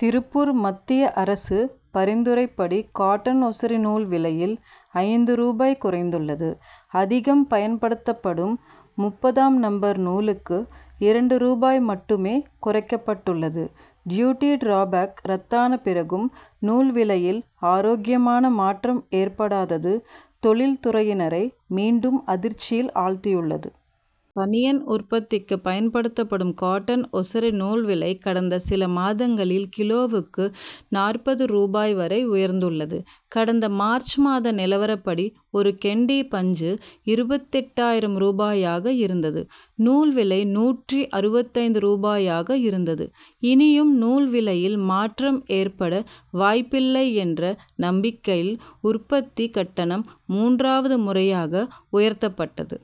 திருப்பூர் மத்திய அரசு பரிந்துரைப்படி காட்டன் ஒசைரி நூல் விலையில் ஐந்து ரூபாய் குறைந்துள்ளது. அதிகம் பயன்படுத்தப்படும் முப்பதாம் நம்பர் நூலுக்கு இரண்டு ரூபாய் மட்டுமே குறைக்கப்பட்டுள்ளது. டியூட்டி டிராபேக் ரத்தான பிறகும் நூல் விலையில் ஆரோக்கியமான மாற்றம் ஏற்படாதது தொழில் துறையினரை மீண்டும் அதிர்ச்சியில் ஆழ்த்தியுள்ளது. பனியன் உற்பத்திக்கு பயன்படுத்தப்படும் காட்டன் ஒசைரி நூல் விலை கடந்த சில மாதங்களில் கிலோவுக்கு நாற்பது ரூபாய் வரை உயர்ந்துள்ளது. கடந்த மார்ச் மாத நிலவரப்படி ஒருகேண்டி பஞ்சு இருபத்தெட்டு ஆயிரம் ரூபாயாக இருந்தது. நூல் விலை நூற்று அறுபத்தைந்து ரூபாயாக இருந்தது. இனியும் நூல் விலையில் மாற்றம் ஏற்பட வாய்ப்பில்லை என்ற நம்பிக்கையில் உற்பத்தி கட்டணம் மூன்றாவது முறையாக உயர்த்தப்பட்டது.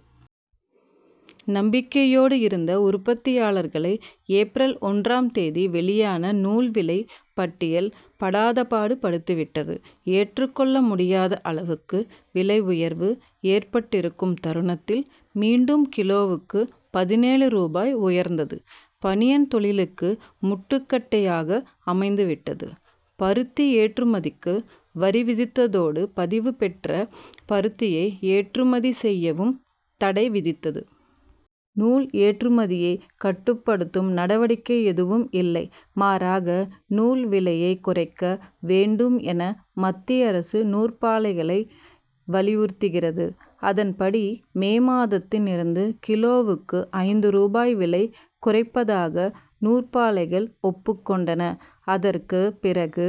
நம்பிக்கையோடு இருந்த உற்பத்தியாளர்களை ஏப்ரல் ஒன்றாம் தேதி வெளியான நூல் விலை பட்டியல் படாதபாடு படுத்திவிட்டது. ஏற்றுக்கொள்ள முடியாத அளவுக்கு விலை உயர்வு ஏற்பட்டிருக்கும் தருணத்தில் மீண்டும் கிலோவுக்கு பதினேழு ரூபாய் உயர்ந்தது பனியன் தொழிலுக்கு முட்டுக்கட்டையாக அமைந்துவிட்டது. பருத்தி ஏற்றுமதிக்கு வரி விதித்ததோடு பதிவு பெற்ற பருத்தியை ஏற்றுமதி செய்யவும் தடை விதித்தது. நூல் ஏற்றுமதியை கட்டுப்படுத்தும் நடவடிக்கை எதுவும் இல்லை. மாறாக நூல் விலையை குறைக்க வேண்டும் என மத்திய அரசு நூற்பாலைகளை வலியுறுத்தியது. அதன்படி மே மாதத்தில் இருந்து கிலோவுக்கு ஐந்து ரூபாய் விலை குறைப்பதாக நூற்பாலைகள் ஒப்புக்கொண்டன. அதற்கு பிறகு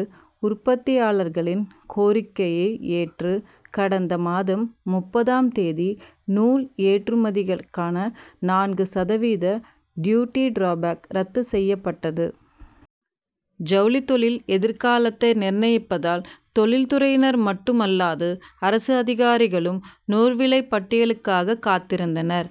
உற்பத்தியாளர்களின் கோரிக்கையை ஏற்று கடந்த மாதம் முப்பதாம் தேதி நூல் ஏற்றுமதிக்கான நான்கு சதவீத டியூட்டி டிராபேக் ரத்து செய்யப்பட்டது. ஜவுளித்தொழிலின் எதிர்காலத்தை நிர்ணயிப்பதால் தொழில்துறையினர் மட்டுமல்லாது அரசு அதிகாரிகளும் நூல்விலை பட்டியலுக்காக காத்திருந்தனர்.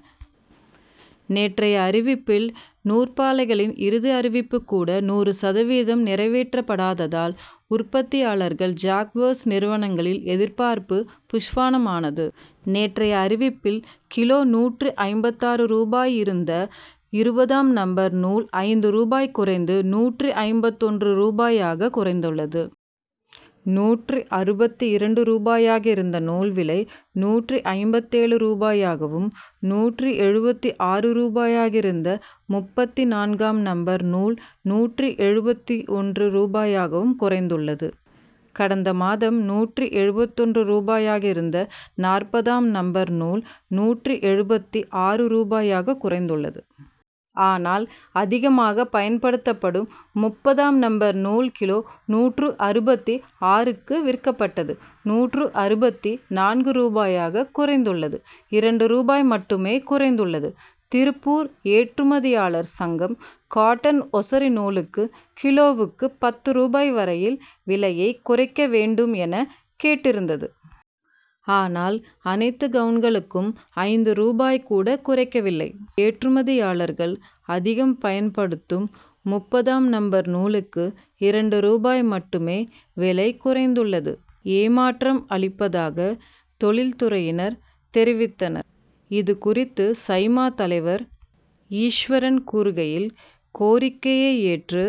நேற்றைய அறிவிப்பில் நூற்பாலைகளின் இறுதி அறிவிப்பு கூட நூறு சதவீதம் நிறைவேற்றப்படாததால் உற்பத்தியாளர்கள் ஜாப்ஒர்க் நிறுவனங்களின் எதிர்பார்ப்பு புஷ்வானமானது. நேற்றைய அறிவிப்பில் கிலோ நூற்று ஐம்பத்தாறு ரூபாயாக இருந்த இருபதாம் நம்பர் நூல் ஐந்து ரூபாய் குறைந்து நூற்று ஐம்பத்தொன்று ரூபாயாக குறைந்துள்ளது. நூற்று அறுபத்து இரண்டு ரூபாயாக இருந்த நூல்விலை நூற்று ஐம்பத்தேழு ரூபாயாகவும் நூற்று எழுபத்து ஆறு ரூபாயாக இருந்த முப்பத்து நான்காம் நம்பர் நூல் நூற்று எழுபத்தொன்று ரூபாயாகவும் குறைந்துள்ளது. கடந்த மாதம் நூற்று எண்பத்தொன்று ரூபாயாக இருந்த நாற்பதாம் நம்பர் நூல் நூற்று எழுபத்து ஆறு ரூபாயாகவும் குறைந்துள்ளது. ஆனால் அதிகமாக பயன்படுத்தப்படும் முப்பதாம் நம்பர் நூல் கிலோ நூற்று அறுபத்து ஆறுக்கு விற்கப்பட்டது நூற்று அறுபத்து நான்கு ரூபாயாக குறைந்துள்ளது. இரண்டு ரூபாய் மட்டுமே குறைந்துள்ளது. திருப்பூர் ஏற்றுமதியாளர் சங்கம் காட்டன் ஒசைரி நூலுக்கு கிலோவுக்கு பத்து ரூபாய் வரையில் விலையை குறைக்க வேண்டும் என கேட்டிருந்தது. ஆனால் அனைத்து கவுன்ட்களுக்கும் ஐந்து ரூபாய் கூட குறைக்கவில்லை. ஏற்றுமதியாளர்கள் அதிகம் பயன்படுத்தும் முப்பதாம் நம்பர் நூலுக்கு இரண்டு ரூபாய் மட்டுமே விலை குறைந்துள்ளது ஏமாற்றம் அளிப்பதாக தொழில் துறையினர் தெரிவித்தனர். இதுகுறித்து சைமா தலைவர் ஈஸ்வரன் கூறுகையில் கோரிக்கையை ஏற்று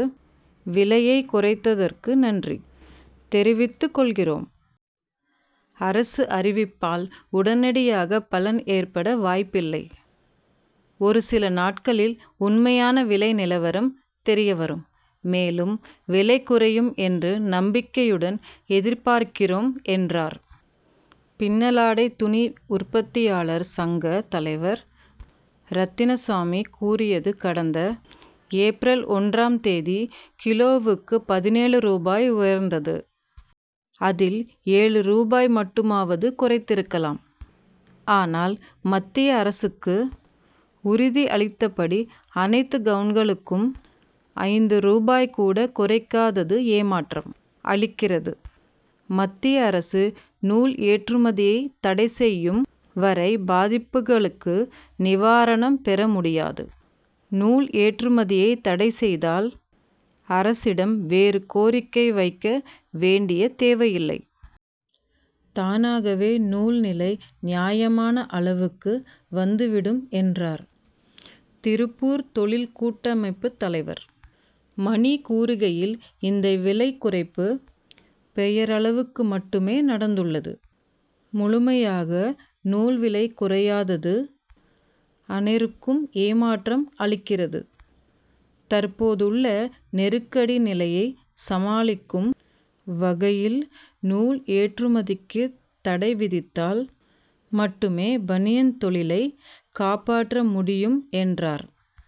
விலையை குறைத்ததற்கு நன்றி தெரிவித்துக்கொள்கிறோம். அரசு அறிவிப்பால் உடனடியாக பலன் ஏற்பட வாய்ப்பில்லை. ஒருசில நாட்களில் உண்மையான விலை நிலவரம் தெரியவரும். மேலும் விலை குறையும் என்று நம்பிக்கையுடன் எதிர்பார்க்கிறோம் என்றார். பின்னலாடை துணி உற்பத்தியாளர் சங்க தலைவர் ரத்தினசாமி கூறியது கடந்த ஏப்ரல் ஒன்றாம் தேதி கிலோவுக்கு பதினேழு ரூபாய் உயர்ந்தது. அதில் ஏழு ரூபாயை மட்டுமாவது குறைத்திருக்கலாம். ஆனால் மத்திய அரசுக்கு உறுதியளித்தபடி அனைத்து கவுன்ட்களுக்கும் ஐந்து ரூபாய் கூட குறைக்காதது ஏமாற்றம் அளிக்கிறது. மத்திய அரசு நூல் ஏற்றுமதியை தடைசெய்யும் வரை பாதிப்புகளுக்கு நிவாரணம் பெறமுடியாது. நூல் ஏற்றுமதியை தடை செய்தால் அரசிடம் வேறு கோரிக்கை வைக்க வேண்டிய தேவையில்லை. தானகாவே நூல் நிலை நியாயமான அளவுக்கு வந்துவிடும் என்றார். திருப்பூர் தொழில் கூட்டமைப்பு தலைவர் மணி கூறுகையில் இந்த விலை குறைப்பு பெயரளவிற்கு மட்டுமே நடந்துள்ளது. முழுமையாக நூல் விலை குறையாதது அனைருக்கும் ஏமாற்றம் அளிக்கிறது. தற்போதுள்ள நெருக்கடி நிலையை சமாளிக்கும் வகையில் நூல் ஏற்றுமதிக்கு தடைவிதித்தால் மட்டுமே பனியன் தொழிலை காப்பாற்ற முடியும் என்றார்.